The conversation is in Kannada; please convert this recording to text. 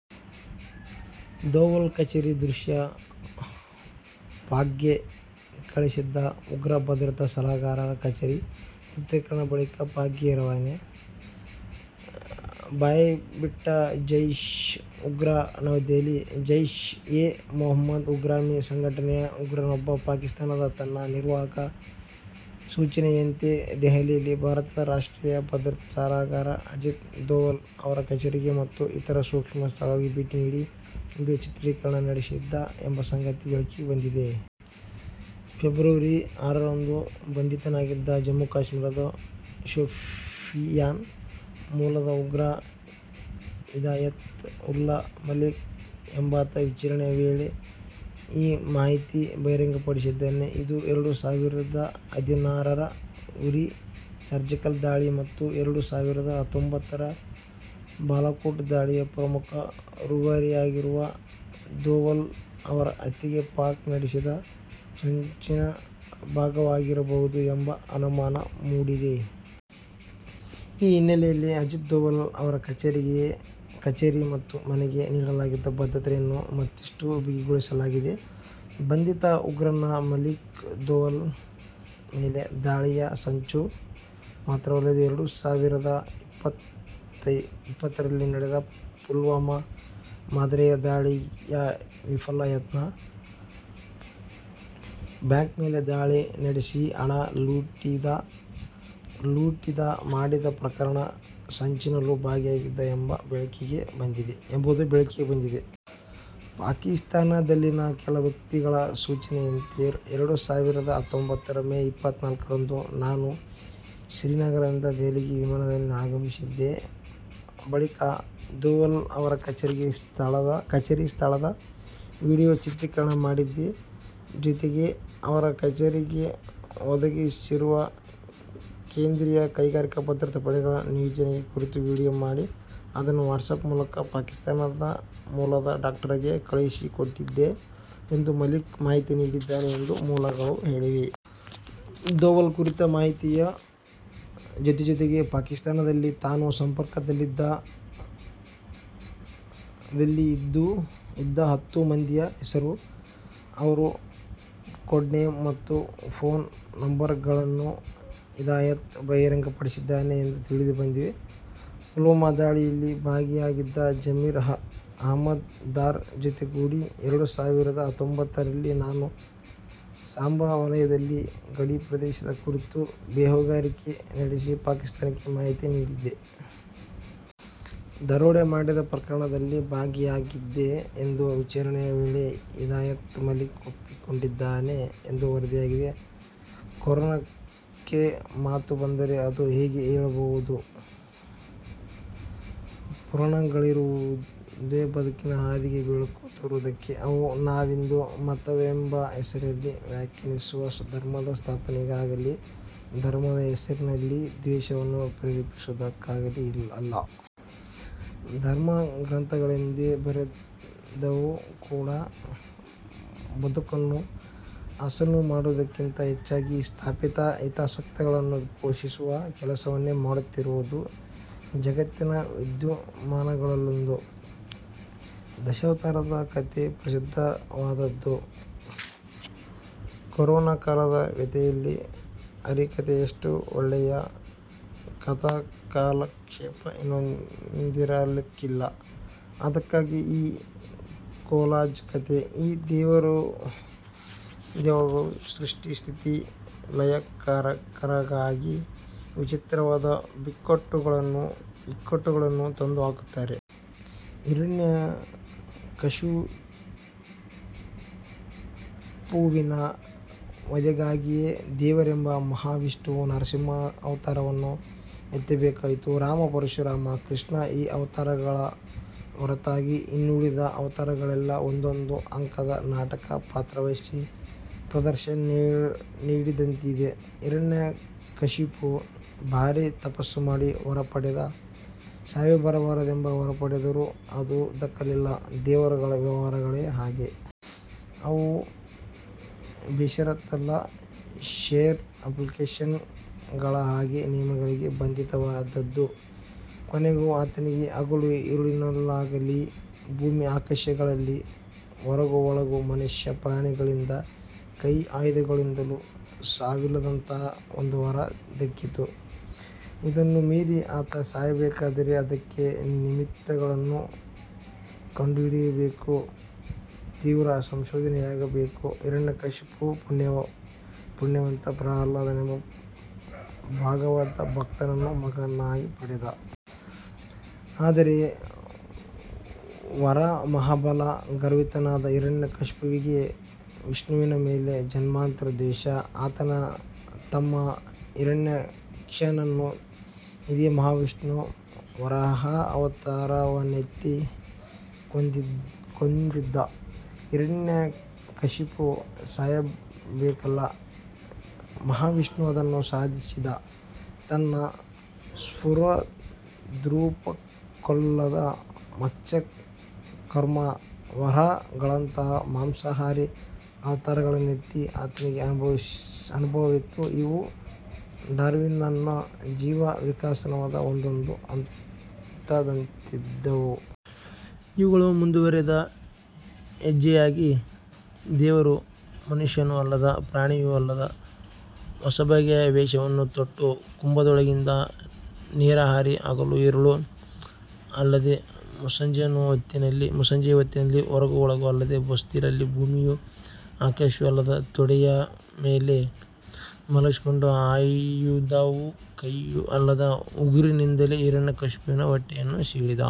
ದೋವಲ್ ಕಚೇರಿ ದೃಶ್ಯ ಪಾಕ್ಗೆ ಕಳಿಸಿದ್ದ ಉಗ್ರ! ಭದ್ರತಾ ಸಲಹೆಗಾರರ ಕಚೇರಿ ಚಿತ್ರೀಕರಣ ಬಳಿಕ ಪಾಕ್ಗೆ ರವಾನೆ: ಬಾಯ್ಬಿಟ್ಟ ಜೈಷ್ ಉಗ್ರ ನವದೆಹಲಿ: ಜೈಷ್ ಎ ಮೊಹಮ್ಮದ್ ಉಗ್ರಗಾಮಿ ಸಂಘಟನೆಯ ಉಗ್ರನೊಬ್ಬ ಪಾಕಿಸ್ತಾನದ ತನ್ನ ನಿರ್ವಾಹಕರ ಸೂಚನೆಯಂತೆ ದೆಹಲಿಯಲ್ಲಿ, ಭಾರತದ ರಾಷ್ಟ್ರೀಯ ಭದ್ರತಾ ಸಲಹೆಗಾರ ಅಜಿತ್ ದೋವಲ್ ಅವರ ಕಚೇರಿ ಮತ್ತು ಇತರ ಸೂಕ್ಷ್ಮ ಸ್ಥಳಗಳಿಗೆ ಭೇಟಿ ನೀಡಿ ವಿಡಿಯೋ ಚಿತ್ರೀಕರಣ ನಡೆಸಿದ್ದ ಎಂಬ ಸಂಗತಿ ಬೆಳಕಿಗೆ ಬಂದಿದೆ. ಫೆಬ್ರವರಿ ಆರರಂದು ಬಂಧಿತನಾಗಿದ್ದ ಜಮ್ಮು-ಕಾಶ್ಮೀರದ ಶೋಪಿಯಾನ್ ಮೂಲದ ಉಗ್ರ ಹಿದಾಯತ್ ಉಲ್ಲಾ ಮಲಿಕ್ ಎಂಬಾತ ವಿಚಾರಣೆ ವೇಳೆ ಈ ಮಾಹಿತಿ ಬಹಿರಂಗಪಡಿಸಿದ್ದಾನೆ. ಇದು ಎರಡು ಸಾವಿರದ ಹದಿನಾರರ ಉರಿ ಸರ್ಜಿಕಲ್ ದಾಳಿ ಮತ್ತು ಎರಡು ಸಾವಿರದ ಹತ್ತೊಂಬತ್ತರ ಬಾಲಾಕೋಟ್ ದಾಳಿಯ ಪ್ರಮುಖ ರೂವಾರಿಯಾಗಿರುವ ದೋವಲ್ ಅವರ ಹತ್ಯೆಗೆ ಪಾಕ್ ನಡೆಸಿದ ಸಂಚಿನ ಭಾಗವಾಗಿರಬಹುದು ಎಂಬ ಅನುಮಾನ ಮೂಡಿದೆ. ಈ ಹಿನ್ನೆಲೆಯಲ್ಲಿ ಅಜಿತ್ ದೋವಲ್ ಅವರ ಕಚೇರಿ ಮತ್ತು ಮನೆಗೆ ನೀಡಲಾಗಿದ್ದ ಭದ್ರತೆಯನ್ನು ಮತ್ತಷ್ಟುಬಿಗಿಗೊಳಿಸಲಾಗಿದೆ. ಬಂಧಿತ ಉಗ್ರನ ಮಲಿಕ್, ದೋವಲ್ ಮೇಲಿನ ದಾಳಿಯ ಸಂಚು ಮಾತ್ರವಲ್ಲದೇ ಎರಡು ಸಾವಿರದ ಇಪ್ಪತ್ತರಲ್ಲಿ ನಡೆದ ಪುಲ್ವಾಮಾ ಮಾದರಿಯ ದಾಳಿಯ ವಿಫಲ ಯತ್ನ, ಬ್ಯಾಂಕ್ ಮೇಲೆ ದಾಳಿ ನಡೆಸಿ ಹಣ ಲೂಟಿದ ಮಾಡಿದ ಪ್ರಕರಣ ಸಂಚಿನಲ್ಲೂ ಭಾಗಿಯಾಗಿದ್ದ ಎಂಬುದು ಬೆಳಕಿಗೆ ಬಂದಿದೆ. 'ಪಾಕಿಸ್ತಾನದಲ್ಲಿನ ಕೆಲ ವ್ಯಕ್ತಿಗಳ ಸೂಚನೆಯಂತೆ ಎರಡು ಸಾವಿರದ ಹತ್ತೊಂಬತ್ತರ ಮೇ ಇಪ್ಪತ್ನಾಲ್ಕರಂದು ನಾನು ಶ್ರೀನಗರದಿಂದ ದೆಹಲಿಗೆ ವಿಮಾನದಲ್ಲಿ ಆಗಮಿಸಿದ್ದೆ. ಬಳಿಕ ದೋವಲ್ ಅವರ ಕಚೇರಿ ಸ್ಥಳದ ವಿಡಿಯೋ ಚಿತ್ರೀಕರಣ ಮಾಡಿದ್ದೆ. ಜೊತೆಗೆ ಅವರ ಕಚೇರಿಗೆ ಒದಗಿಸಿರುವ ಕೇಂದ್ರೀಯ ಕೈಗಾರಿಕಾ ಭದ್ರತಾ ಪಡೆಗಳ ನಿಯೋಜನೆ ಕುರಿತೂ ವಿಡಿಯೋ ಮಾಡಿ ಅದನ್ನು ವಾಟ್ಸಾಪ್ ಮೂಲಕ ಪಾಕಿಸ್ತಾನ ಮೂಲದ 'ಡಾಕ್ಟರ್'ಗೆ ಕಳುಹಿಸಿಕೊಟ್ಟಿದ್ದೆ' ಎಂದು ಮಲಿಕ್ ಮಾಹಿತಿ ನೀಡಿದ್ದಾನೆ ಎಂದು ಮೂಲಗಳು ಹೇಳಿವೆ. ದೋವಲ್ ಕುರಿತ ಮಾಹಿತಿಯ ಜೊತೆಜೊತೆಗೇ ಪಾಕಿಸ್ತಾನದಲ್ಲಿ ತಾನು ಸಂಪರ್ಕದಲ್ಲಿ ಇದ್ದ ಹತ್ತು ಮಂದಿಯ ಹೆಸರು, ಅವರ ಕೋಡ್ನೇಮ್ ಮತ್ತು ಫೋನ್ ನಂಬರ್ಗಳನ್ನು ಹಿದಾಯತ್ ಬಹಿರಂಗಪಡಿಸಿದ್ದಾನೆ ಎಂದು ತಿಳಿದುಬಂದಿದೆ. ಪುಲ್ವಾಮಾ ದಾಳಿಯಲ್ಲಿ ಭಾಗಿಯಾಗಿದ್ದ ಸಮೀರ್ ಅಹಮದ್ ದಾರ್ ಜೊತೆಗೂಡಿ ಎರಡು ಸಾವಿರದ ಹತ್ತೊಂಬತ್ತರಲ್ಲಿ ನಾನು ಸಾಂಬಾ ವಲಯದಲ್ಲಿನ ಗಡಿ ಪ್ರದೇಶದ ಕುರಿತು ಬೇಹುಗಾರಿಕೆ ನಡೆಸಿ ಪಾಕಿಸ್ತಾನಕ್ಕೆ ಮಾಹಿತಿ ನೀಡಿದ್ದೆ. ದರೋಡೆ ಮಾಡಿದ ಪ್ರಕರಣದಲ್ಲಿ ಭಾಗಿಯಾಗಿದ್ದೆ' ಎಂದು ವಿಚಾರಣೆ ವೇಳೆ ಹಿದಾಯತ್ ಮಲಿಕ್ ಒಪ್ಪಿಕೊಂಡಿದ್ದಾನೆ ಎಂದು ವರದಿಯಾಗಿದೆ. ಕೊರೋನಕ್ಕೆ ಮಾತು ಬಂದರೆ ಅದು ಹೀಗೆ ಹೇಳಬಹುದು: ಪುರಾಣಗಳಿರುವುದೇ ಬದುಕಿನ ಹಾದಿಗೆ ಬೆಳಕು ತೋರುವುದಕ್ಕೆ. ಅವು ನಾವಿಂದು ಮತವೆಂಬ ಹೆಸರಿನಲ್ಲಿ ವ್ಯಾಖ್ಯಾನಿಸುವ ಧರ್ಮದ ಸ್ಥಾಪನೆಗಾಗಲೀ, ಧರ್ಮದ ಹೆಸರಿನಲ್ಲಿ ದ್ವೇಷವನ್ನು ಪ್ರೇರೇಪಿಸವುದಕ್ಕಾಗಲೀ ಅಲ್ಲ. ಧರ್ಮಗ್ರಂಥಗಳೆಂದೇ ಬರೆದವೂ ಕೂಡ ಬದುಕನ್ನು ಹಸನು ಮಾಡುವುದಕ್ಕಿಂತ ಹೆಚ್ಚಾಗಿ ಸ್ಥಾಪಿತ ಹಿತಾಸಕ್ತಿಗಳನ್ನು ಪೋಷಿಸುವ ಕೆಲಸವನ್ನೇ ಮಾಡುತ್ತಿರುವುದು ಜಗತ್ತಿನ ವಿದ್ಯಮಾನಗಳಲ್ಲೊಂದು. ದಶಾವತಾರದ ಕತೆ ಪ್ರಸಿದ್ಧವಾದದ್ದು. ಕೊರೋನ ಕಾಲದ ವ್ಯಥೆಯಲ್ಲಿ ಹರಿಕತೆಯಷ್ಟು ಒಳ್ಳೆಯ ಕಥಾಕಾಲಕ್ಷೇಪ ಇನ್ನೊಂದಿರಲಿಕ್ಕಿಲ್ಲ! ಅದಕ್ಕಾಗಿ ಈ ಕೊಲಾಜ್ ಕಥೆ: ಈ ದೇವರುಗಳು ಸೃಷ್ಟಿ-ಸ್ಥಿತಿ-ಲಯಕಾರಕರಾಗಿ ವಿಚಿತ್ರವಾದ ಬಿಕ್ಕಟ್ಟುಗಳನ್ನೂ ಇಕ್ಕಟ್ಟುಗಳನ್ನೂ ತಂದುಹಾಕುತ್ತಾರೆ. ಹಿರಣ್ಯಕಶಿಪುವಿನ ವಧೆಗಾಗಿಯೇ ದೇವರೆಂಬ ಮಹಾವಿಷ್ಣುವು ನರಸಿಂಹಾವತಾರವನ್ನು ಎತ್ತಬೇಕಾಯಿತು. ರಾಮ, ಪರಶುರಾಮ, ಕೃಷ್ಣ, ಈ ಅವತಾರಗಳ ಹೊರತಾಗಿ ಇನ್ನುಳಿದ ಅವತಾರಗಳೆಲ್ಲ ಒಂದೊಂದು ಅಂಕದ ನಾಟಕಕ್ಕೆ ಪಾತ್ರವಹಿಸಿ ಪ್ರದರ್ಶನ ನೀಡಿದಂತಿದೆ. ಹಿರಣ್ಯಕಶಿಪು ಭಾರೀ ತಪಸ್ಸು ಮಾಡಿ ವರ ಪಡೆದ. ಸಾವೇ ಬರಬಾರದೆಂಬ ವರ ಬೇಡಿದರೂ ಅದು ದಕ್ಕಲಿಲ್ಲ. ದೇವರುಗಳ ವ್ಯವಹಾರಗಳೇ ಹಾಗೆ. ಅವು ಬೇಷರತ್ ಅಲ್ಲ. ಷೇರ್ ಅಪ್ಲಿಕೇಷನ್ಗಳ ಹಾಗೆ ನಿಯಮಗಳಿಗೆ ಬಂಧಿತವಾದದ್ದು. ಕೊನೆಗೂ ಆತನಿಗೆ ಹಗಲು-ಇರುಳಿನಲ್ಲಾಗಲೀ, ಭೂಮಿ-ಆಕಾಶಗಳಲ್ಲಿ, ಹೊರಗೂ-ಒಳಗೂ, ಮನುಷ್ಯ-ಪ್ರಾಣಿಗಳಿಂದ ಕೈ-ಆಯುಧದಿಂದಲೂ ಸಾವಿಲ್ಲದಂತಹ ಒಂದು ವರ ದಕ್ಕಿತು. ಇದನ್ನು ಮೀರಿ ಆತ ಸಾಯಬೇಕಾದರೆ ಅದಕ್ಕೆ ನಿಮಿತ್ತಗಳನ್ನು ಕಂಡುಹಿಡಿಯಬೇಕು; ತೀವ್ರ ಸಂಶೋಧನೆೆಯಾಗಬೇಕು. ಹಿರಣ್ಯಕಶಿಪು ಪುಣ್ಯವಂತ. ಪ್ರಹ್ಲಾದನೆಂಬ ಭಾಗವತಭಕ್ತನನ್ನು ಮಗನಾಗಿ ಪಡೆದ. ಆದರೆ ವರಮಹಾಬಲ ಗರ್ವಿತನಾದ ಹಿರಣ್ಯಕಶಿಪುವಿಗೆ ವಿಷ್ಣುವಿನ ಮೇಲೆ ಜನ್ಮಾಂತರದ ದ್ವೇಷ. ಆತನ ತಮ್ಮ ಹಿರಣ್ಯಾಕ್ಷನನ್ನು ಇದೇ ಮಹಾವಿಷ್ಣು ವರಾಹಾವತಾರವೆತ್ತಿ ಕೊಂದಿದ್ದ. ಹಿರಣ್ಯಕಶಿಪು ಸಾಯಬೇಕಲ್ಲ. ಮಹಾವಿಷ್ಣು ಅದನ್ನೂ ಸಾಧಿಸಿದ. ತನ್ನ ಸ್ಫುರದ್ರೂಪಕ್ಕೊಲ್ಲದ ಮತ್ಸ್ಯ, ಕೂರ್ಮ, ವರಾಹಗಳಂತಹ ಮಾಂಸಾಹಾರಿ ಅವತಾರಗಳನ್ನೆತ್ತಿ ಆತನಿಗೆ ಅನುಭವವಿತ್ತು. ಇವು ಡಾರ್ವಿನ್ನನ ಜೀವ ವಿಕಾಸವಾದದ ಒಂದೊಂದು ಹಂತದಂತಿದ್ದವು. ಇವುಗಳ ಮುಂದುವರಿದ ಹೆಜ್ಜೆಯಾಗಿ ದೇವರು ಮನುಷ್ಯನೂ ಅಲ್ಲದ, ಪ್ರಾಣಿಯೂ ಅಲ್ಲದ ಹೊಸಬಗೆಯ ವೇಷವನ್ನು ತೊಟ್ಟ. ಕಂಭದೊಳಗಿಂದ ನೇರ ಹಾರಿ ಹಗಲೂ-ಇರುಳೂ ಅಲ್ಲದ, ಮುಸ್ಸಂಜೆಯ ಹೊತ್ತಿನಲ್ಲಿ, ಹೊರಗೂ-ಒಳಗೂ ಅಲ್ಲದ ಹೊಸ್ತಿಲಲ್ಲಿ, ಭೂಮಿಯೂ-ಆಕಾಶವೂ ಅಲ್ಲದ ತೊಡೆಯ ಮೇಲೆ ಮಲಗಿಸಿಕೊಂಡು, ಆಯುಧವೂ-ಕೈಯೂ ಅಲ್ಲದ ಉಗುರಿನಿಂದಲೇ ಹಿರಣ್ಯಕಶಿಪುವಿನ ಹೊಟ್ಟೆಯನ್ನು ಸೀಳಿದ.